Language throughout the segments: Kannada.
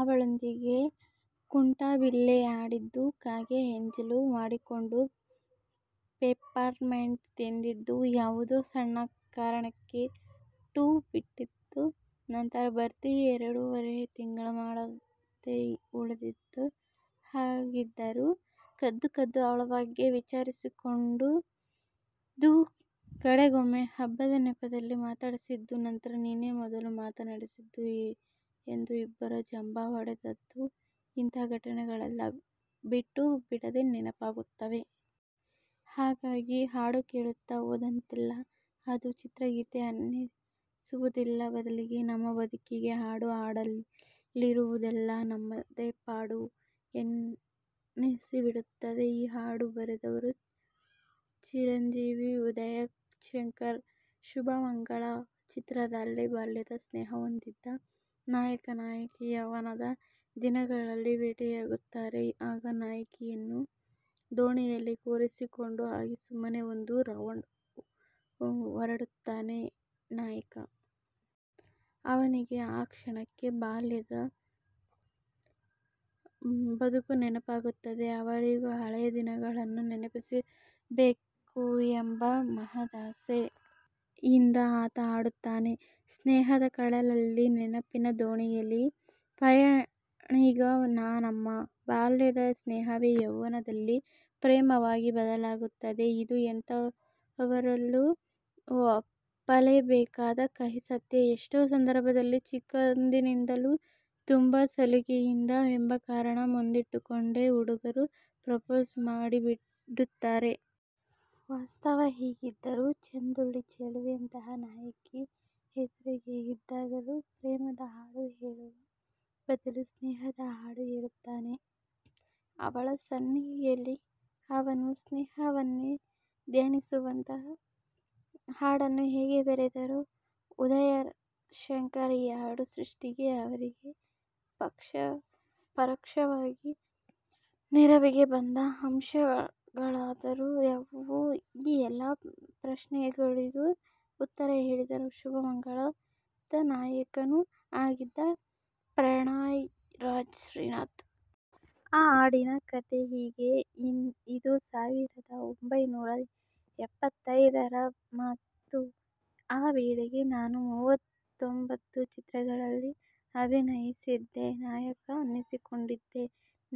ಅವಳೊಂದಿಗೆ ಕುಂಟಾಬಿಲ್ಲೆ ಆಡಿದ್ದು, ಕಾಗೆ ಎಂಜಲು ಮಾಡಿಕೊಂಡು ಪೆಪ್ಪರ್ಮೆಂಟ್ ತಿಂದದ್ದು, ಯಾವುದೋ ಸಣ್ಣ ಕಾರಣಕ್ಕೆ 'ಠೂ' ಬಿಟ್ಟಿದ್ದು, ನಂತರ ಭರ್ತಿ ಎರಡೂವರೆ ತಿಂಗಳು ಮಾತಾಡದೆ ಉಳಿದದ್ದು ಹಾಗಿದ್ದರೂ ಕದ್ದು ಕದ್ದು ಅವಳ ಬಗ್ಗೆ ವಿಚಾರಿಸಿಕೊಂಡದ್ದು, ಕಡೆಗೊಮ್ಮೆ ಹಬ್ಬದ ನೆಪದಲ್ಲಿ ಮಾತಾಡಿಸಿದ್ದು ನಂತರ-ನೀನೇ ಮೊದಲು ಮಾತಾಡಿಸಿದ್ದು ಎಂದು ಇಬ್ಬರೂ ಜಂಭ ಹೊಡೆದದ್ದು ಇಂಥ ಘಟನೆಗಳೆಲ್ಲ ಬಿಟ್ಟೂ ಬಿಡದೆ ನೆನಪಾಗುತ್ತವೆ. ಹಾಗಾಗಿ, ಹಾಡು ಕೇಳುತ್ತಾ ಹೋದಂತೆಲ್ಲ ಅದು ಚಿತ್ರಗೀತೆ ಅನ್ನಿಸುವುದಿಲ್ಲ. ಬದಲಿಗೆ, ನಮ್ಮ ಬದುಕಿನ ಹಾಡು, ಹಾಡಲ್ಲಿರುವುದೆಲ್ಲ ನಮ್ಮದೇ ಪಾಡು ಎನ್ನಿಸಿಬಿಡುತ್ತದೆ. ಈ ಹಾಡು ಬರೆದವರು ಚಿ. ಉದಯಶಂಕರ್. 'ಶುಭಮಂಗಳ' ಚಿತ್ರದಲ್ಲಿ ಬಾಲ್ಯದ 'ಸ್ನೇಹ' ಹೊಂದಿದ್ದ ನಾಯಕ-ನಾಯಕಿ ಯೌವ್ವನದ ದಿನಗಳಲ್ಲಿ ಭೇಟಿಯಾಗುತ್ತಾರೆ. ಆಗ ನಾಯಕಿಯನ್ನು ದೋಣಿಯಲ್ಲಿ ಕೂರಿಸಿಕೊಂಡು ಹಾಗೇ ಸುಮ್ಮನೆ ಒಂದು ರೌಂಡ್ ಹೊರಡುತ್ತಾನೆ ನಾಯಕ. ಅವನಿಗೆ ಆ ಕ್ಷಣಕ್ಕೆ ಬಾಲ್ಯದ ಬದುಕು ನೆನಪಾಗುತ್ತದೆ. ಅವಳಿಗೂ ಹಳೆಯ ದಿನಗಳನ್ನು ನೆನಪಿಸಬೇಕು ಎಂಬ ಮಹದಾಸೆಯಿಂದ ಆತ ಹಾಡುತ್ತಾನೆ: 'ಸ್ನೇಹದ ಕಡಲಲ್ಲೀ ನೆನಪಿನ ದೋಣಿಯಲೀ ಪಯಣಿಗ ನಾನಮ್ಮ' 'ಬಾಲ್ಯದ ಸ್ನೇಹವೇ ಯೌವ್ವನದಲ್ಲಿ ಪ್ರೇಮವಾಗಿ ಬದಲಾಗುತ್ತದೆ'. -ಇದು ಎಂಥವರೂ ಒಪ್ಪಲೇಬೇಕಾದ ಕಹಿ ಸತ್ಯ. ಎಷ್ಟೋ ಸಂದರ್ಭದಲ್ಲಿ ಚಿಕ್ಕಂದಿನಿಂದಲೂ ತುಂಬಾ ಸಲುಗೆಯಿದೆ ಎಂಬ ಕಾರಣ ಮುಂದಿಟ್ಟುಕೊಂಡೇ ಹುಡುಗರು ಪ್ರೊಪೋಸ್ ಮಾಡಿಬಿಡುತ್ತಾರೆ. ವಾಸ್ತವ ಹೀಗಿದ್ದರೂ, ಚಂದುಳ್ಳಿ ಚೆಲುವೆಯಂಥ ನಾಯಕಿ ಎದುರಿಗೇ ಇದ್ದಾಗಲೂ ಪ್ರೇಮದ ಹಾಡು ಹೇಳುವ ಬದಲು ಸ್ನೇಹದ ಹಾಡು ಹೇಳುತ್ತಾನೆ. 'ಅವಳ' ಸನ್ನಿಯಲ್ಲಿ 'ಅವನು' ಸ್ನೇಹವನ್ನೇ ಧ್ಯಾನಿಸುವಂಥ ಹಾಡನ್ನು ಹೇಗೆ ಬರೆದರು ಉದಯಶಂಕರ್ ಈ ಹಾಡು ಸೃಷ್ಟಿಗೆ ಅವರಿಗೆ ಪರೋಕ್ಷವಾಗಿ ನೆರವಿಗೆ ಬಂದ ಅಂಶಗಳಾದರೂ ಯಾವುವು? ಈ ಎಲ್ಲ ಪ್ರಶ್ನೆಗಳಿಗೂ ಉತ್ತರ ಹೇಳಿದವರು 'ಶುಭಮಂಗಳ'ದ ನಾಯಕನೂ ಆಗಿದ್ದ ಪ್ರಣಯ ರಾಜ ಶ್ರೀನಾಥ್. ಆ ಹಾಡಿನ ಕಥೆ ಹೀಗೆ ಇದು ಸಾವಿರದ ಒಂಭೈನೂರ ಎಪ್ಪತ್ತೈದರ ಮಾತು. ಆ ವೇಳೆಗೆ ನಾನು ಮೂವತ್ತೊಂಭತ್ತು ಚಿತ್ರಗಳಲ್ಲಿ ಅಭಿನಯಿಸಿದ್ದೆ. ನಾಯಕ ಅನ್ನಿಸಿಕೊಂಡಿದ್ದೆ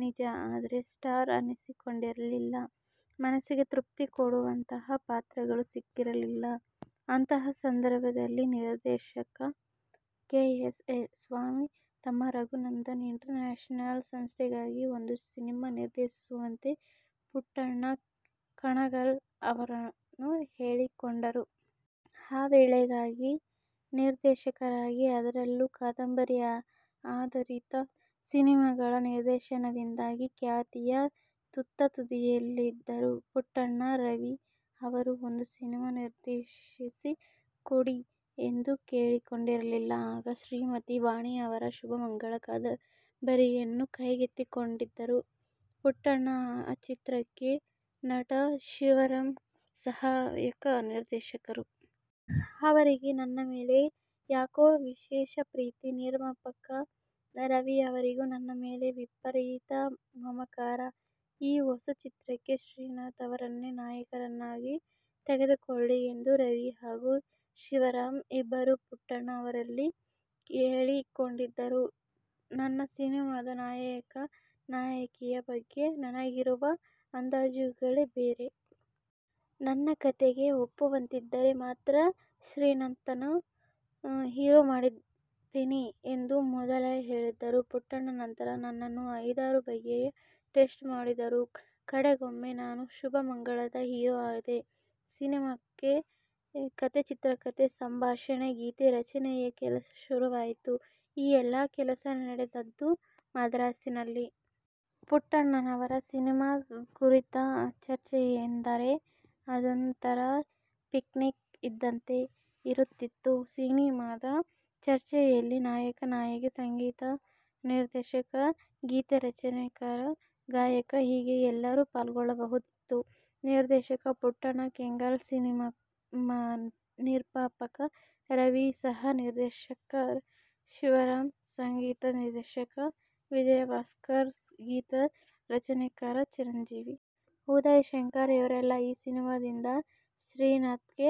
ನಿಜ. ಆದರೆ 'ಸ್ಟಾರ್' ಅನ್ನಿಸಿಕೊಂಡಿರಲಿಲ್ಲ. ಮನಸ್ಸಿಗೆ ತೃಪ್ತಿಕೊಡುವಂಥ ಪಾತ್ರಗಳು ಸಿಕ್ಕಿರಲಿಲ್ಲ. ಅಂಥ ಸಂದರ್ಭದಲ್ಲಿ ನಿರ್ದೇಶಕ ಕೆ. ಎಸ್. ಎಲ್. ಸ್ವಾಮಿ ತಮ್ಮ ರಘುನಂದನ್ ಇಂಟರ್ನ್ಯಾಷನಲ್ ಸಂಸ್ಥೆಗಾಗಿ ಒಂದು ಸಿನಿಮಾ ನಿರ್ದೇಶಿಸುವಂತೆ ಪುಟ್ಟಣ್ಣ ಕಣಗಾಲ್ ಅವರನ್ನು ಕೇಳಿಕೊಂಡರು. ಆ ವೇಳೆಗಾಗಲೇ ನಿರ್ದೇಶಕರಾಗಿ, ಅದರಲ್ಲೂ ಕಾದಂಬರಿ ಆಧಾರಿತ ಸಿನಿಮಾಗಳ ನಿರ್ದೇಶನದಿಂದಾಗಿ ಖ್ಯಾತಿಯ ತುತ್ತ ತುದಿಯಲ್ಲಿದ್ದರು ಪುಟ್ಟಣ್ಣ. ರವೀ ಅವರು ಒಂದು ಸಿನಿಮಾ ನಿರ್ದೇಶಿಸಿ ಕೊಡಿ ಎಂದು ಕೇಳಿಕೊಂಡರಲ್ಲ? ಆಗ, ಶ್ರೀಮತಿ 'ವಾಣಿ' ಅವರ 'ಶುಭಮಂಗಳ' ಕಾದಂಬರಿಯನ್ನು ಕೈಗೆತ್ತಿಕೊಂಡಿದ್ದರು ಪುಟ್ಟಣ್ಣ. ಆ ಚಿತ್ರಕ್ಕೆ ನಟ ಶಿವರಾಂ ಸಹಾಯಕ ನಿರ್ದೇಶಕರು. ಅವರಿಗೆ ನನ್ನ ಮೇಲೆ ಯಾಕೋ ವಿಶೇಷ ಪ್ರೀತಿ. ನಿರ್ಮಾಪಕ ರವೀ ಅವರಿಗೂ ನನ್ನ ಮೇಲೆ ವಿಪರೀತ ಮಮಕಾರ. ಈ ಹೊಸ ಚಿತ್ರಕ್ಕೆ ಶ್ರೀನಾಥ್ ಅವರನ್ನೇ ನಾಯಕನನ್ನಾಗಿ ತೆಗೆದುಕೊಳ್ಳಿ ಎಂದು ರವೀ ಹಾಗೂ ಶಿವರಾಂ ಇಬ್ಬರೂ ಪುಟ್ಟಣ್ಣ ಅವರಲ್ಲಿ ಕೇಳಿಕೊಂಡಿದ್ದರು. 'ನನ್ನ ಸಿನಿಮಾದ ನಾಯಕ-ನಾಯಕಿಯ ಬಗ್ಗೆ ನನಗಿರುವ ಅಂದಾಜುಗಳೇ ಬೇರೆ. ನನ್ನ ಕಥೆಗೆ ಒಪ್ಪುವಂತಿದ್ದರೆ ಮಾತ್ರ ಶ್ರೀನಾಥ್ನನ್ನು ಹೀರೋ ಮಾಡ್ತೀನಿ' ಎಂದು ಮೊದಲೇ ಹೇಳಿದ್ದರು ಪುಟ್ಟಣ್ಣ. ನಂತರ, ನನ್ನನ್ನು ಐದಾರು ಬಗೆಯಲ್ಲಿ 'ಟೆಸ್ಟ್' ಮಾಡಿದರು. ಕಡೆಗೊಮ್ಮೆ ನಾನು 'ಶುಭಮಂಗಳ'ದ ಹೀರೋ ಆದೆ. ಸಿನಿಮಾಕ್ಕೆ ಕಥೆ, ಚಿತ್ರಕಥೆ, ಸಂಭಾಷಣೆ, ಗೀತೆ ರಚನೆಯ ಕೆಲಸ ಶುರುವಾಯಿತು. ಈ ಎಲ್ಲ ಕೆಲಸ ನಡೆದದ್ದು ಮದ್ರಾಸಿನಲ್ಲಿ. ಪುಟ್ಟಣ್ಣನವರ ಸಿನಿಮಾ ಕುರಿತ ಚರ್ಚೆ ಎಂದರೆ, ಅದೊಂಥರಾ ಪಿಕ್ನಿಕ್ ಇದ್ದಂತೆ ಇರುತ್ತಿತ್ತು. ಸಿನಿಮಾದ ಚರ್ಚೆಯಲ್ಲಿ ನಾಯಕ, ನಾಯಕಿ, ಸಂಗೀತ ನಿರ್ದೇಶಕ, ಗೀತೆರಚನೆಕಾರ, ಗಾಯಕ. ಹೀಗೆ ಎಲ್ಲರೂ ಪಾಲ್ಗೊಳ್ಳಬಹುದಿತ್ತು. ನಿರ್ದೇಶಕ ಪುಟ್ಟಣ್ಣ ಕಣಗಾಲ್, ನಿರ್ಮಾಪಕ ರವೀ, ಸಹ ನಿರ್ದೇಶಕ ಶಿವರಾಂ, ಸಂಗೀತ ನಿರ್ದೇಶಕ ವಿಜಯ ಭಾಸ್ಕರ್, ಗೀತ ರಚನೆಕಾರ ಚಿ. ಉದಯಶಂಕರ್ ಇವರೆಲ್ಲಾ ಈ ಸಿನಿಮಾದಿಂದ ಶ್ರೀನಾಥ್ಗೆ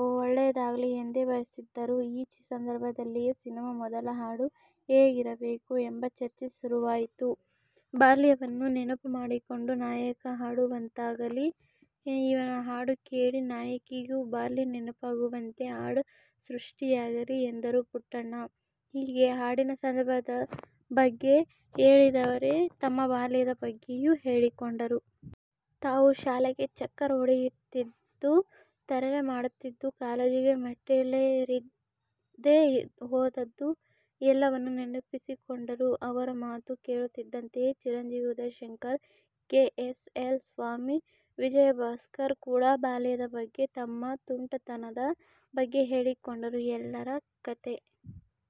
ಒಳ್ಳೆಯದಾಗಲಿ ಎಂದೇ ಬಯಸಿದ್ದರು. ಈ ಸಂದರ್ಭದಲ್ಲಿಯೇ- ಸಿನಿಮಾ ಮೊದಲ ಹಾಡು ಹೇಗಿರಬೇಕು ಎಂಬ ಚರ್ಚೆ ಶುರುವಾಯಿತು. 'ಬಾಲ್ಯವನ್ನು ನೆನಪು ಮಾಡಿಕೊಂಡು ನಾಯಕ ಹಾಡುವಂತಾಗಲಿ. ಇವನ ಹಾಡು ಕೇಳಿ ನಾಯಕಿಗೂ ಬಾಲ್ಯ ನೆನಪಾಗುವಂತೆ ಹಾಡು ಸೃಷ್ಟಿಯಾಗಲಿ' ಎಂದರು ಪುಟ್ಟಣ್ಣ. ಹೀಗೆ, ಹಾಡಿನ ಸಂದರ್ಭದ ಬಗ್ಗೆ ಹೇಳಿದವರೇ ತಮ್ಮ ಬಾಲ್ಯದ ಬಗ್ಗೆಯೂ ಹೇಳಿಕೊಂಡರು. ತಾವು ಶಾಲೆಗೆ ಚಕ್ಕರ್ ಹೊಡೆಯುತ್ತಿದ್ದುದು, ತರಲೆ ಮಾಡುತ್ತಿದ್ದುದು, ಕಾಲೇಜು ಮೆಟ್ಟೀಲೇರದೇ ಹೋದದ್ದು ಎಲ್ಲವನ್ನೂ ನೆನಪಿಸಿಕೊಂಡರು. ಅವರ ಮಾತು ಕೇಳುತ್ತಿದ್ದಂತೆಯೇ Chi. Udayashankar, K. S. L. Swamy, Vijayabhaskar ಕೂಡ ಬಾಲ್ಯದ ಬಗ್ಗೆ ತಮ್ಮ ತುಂಟತನದ ಬಗ್ಗೆ ಹೇಳಿಕೊಂಡರು. ಎಲ್ಲರ ಕಥೆ